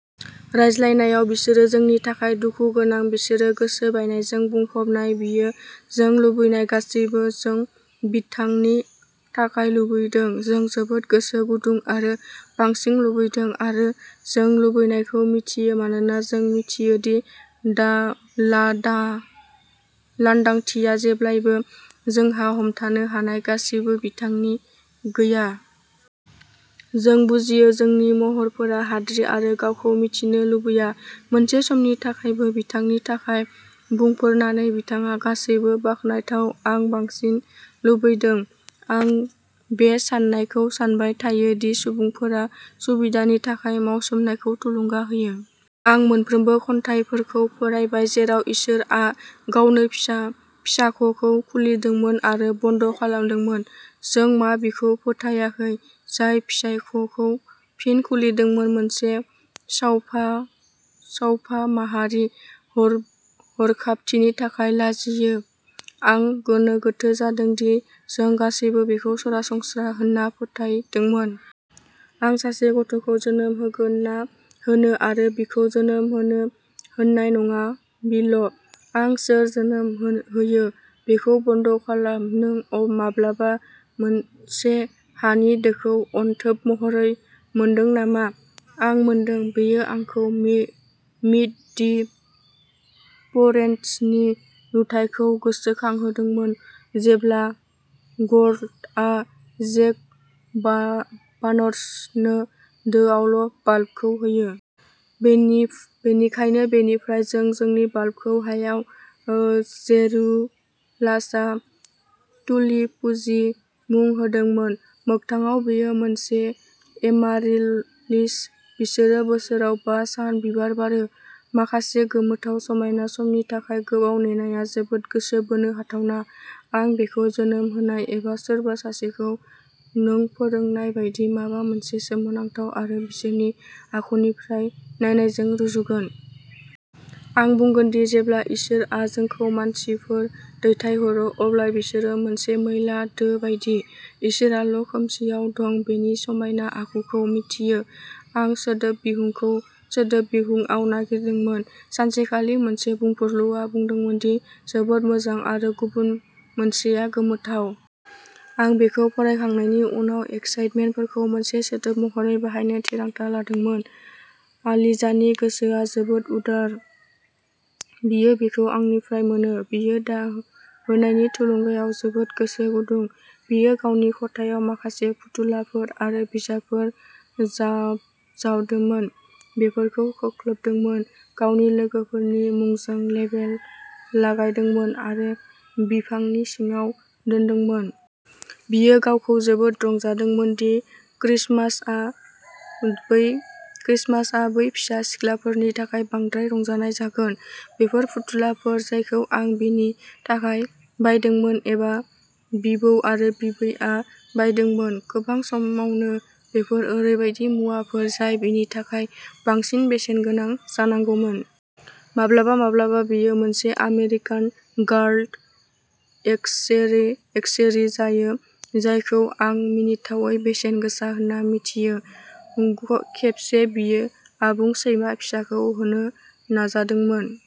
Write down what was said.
रायज्लायनायाव बिसोर जोंनि थाखाय दुखुगोनां बिसोर गोसो बायनायजों बुंफबनाय बियो जों लुबैनाय गासैबो जों बिथांनि थाखाय लुबैदों। जों जोबोद गोसो गुदुं आरो बांसिन लुबैदों आरो जों लुबैनायखौ मिथियो मानोना जों मिथियो दि लांदांथिया जेब्लाबो जोंहा हमथानो हानाय गासैबो बिथांनि गैया। जों बुजियो जोंनि महरफोरा हाद्रि आरो गावखौ मिथिनो लुबैया मोनसे समनि थाखायबो बिथांनि थाखाय बुंफोरनानै। बिथाङा गासैबो बाखनायथाव आं बांसिन लुबैदों। आं बे साननायखौ सानबाय थायो दि सुबुंफोरा सुबिदानि थाखाय मावसोमनायखौ थुलुंगा होयो। आं मोनफ्रोमबो खन्थाइफोरखौ फरायबाय जेराव इसोरआ गावनो फिसाख'खौ खुलिदोंमोन आरो बन्द खालामदोंमोन। जों मा बिखौ फोथायाखै जाय फिसाख'खौ फिन खुलिदोंमोन मोनसे सावफाहामारि हरखाबथिनि थाखाय लाजियो आं गोनो गोथो जादों दि जों गासैबो बेखौ सरासनस्रा होन्ना फोथायदोंमोन। आं सासे गथ'खौ जोनोम होगोन ना होनो आरो बिखौ जोनोम होनो होनाय नङा विल। आं सोर जोनोम होयो बेखौ बन्द खालाम नों माब्लाबा मोनसे हानि दोखौ अनथोब महरै मोनदों नामा? आं मोनदों। बेयो आंखौ मीट दि पेरेन्ट्सनि नुथायखौ गोसोखांहोदोंमोन जेब्ला गेलर्डआ जेक बार्न्स नो दोआव बाल्बखौ होयो। बेनिखायनो, बेनिफ्राय जों जोंनि बाल्बखौ हायाव जेरुसाला तुलिपुजि मुं होदोंमोन। मोगथाङाव, बेयो मोनसे एमारिलिस। बिसोर बोसोराव बा सान बिबार बारो। माखासे गोमोथाव समायना समनि थाखाय गोबाव नेनाया जोबोद गोसो बोनो हाथावना। आं बेखौ जोनोम होनाय एबा सोरबा सासेखौ नों फोरोंनाय बायदि माबा मोनसे सोमोनांथाव आरो बिसोरनि आखुनिफ्राय नायनायजों रुजुगोन। आं बुंगोनदि जेब्ला इसोरआ जोंखौ मानसिफोर दैथायहरो अब्ला बिसोरो मोनसे मैला दो बायदि। इसोराल'खोमसिआव मा दं बेनि समायना आखुखौ मिन्थियो। आं सोदोब बिहुंखौ सोदोब बिहुंआव नागिरदोंमोन। सानसेखालि। मोनसे बुंफुरलुआ बुंदोंमोन दि जोबोद मोजां आरो गुबुन मोनसेया गोमोथाव। आं बेखौ फरायखांनायनि उनाव एक्साइटफोरखौ मोनसे सोदोब महरै बाहायनो थिरांथा लादोंमोन। आलिजानि गोसोआ जोबोद उदार। बियो बेखौ आंनिफ्राय मोनो। बियो दा होनायनि थुलुंगायाव जोबोद गोसो गुदुं। बियो गावनि खथायाव माखासे फुथुलाफोर आरो बिजाबफोर जावदोंमोन, बेफोरखौ जोख्लोबदोंमोन, गावनि लोगोफोरनि मुंजों लेबेल लागायदोंमोन आरो बिफांनि सिङाव दोनदोंमोन। बियो गावखौ जोबोद रंजादोंमोन दि क्रिसमासआ बै फिसा सिख्लाफोरनि थाखाय बांद्राय रंजानाय जागोन। बेफोर फुथुलाफोर जायखौ आं बिनि थाखाय बायदोंमोन एबा बिबौ आरो बिबौआ बायदोंमोन। गोबां समावनो बेफोर ओरैबायदि मुवाफोर जाय बिनि थाखाय बांसिन बेसेन गोनां जानांगौमोन। माब्लाबा माब्लाबा बेयो मोनसे आमेरिकान गार्ल एक्सेसरी जायो जायखौ आं मिनिथावै बेसेन गोसा होन्ना मिथियो। खेबसे बियो आबुं सैमा फिसाखौ होनो नाजादोंमोन।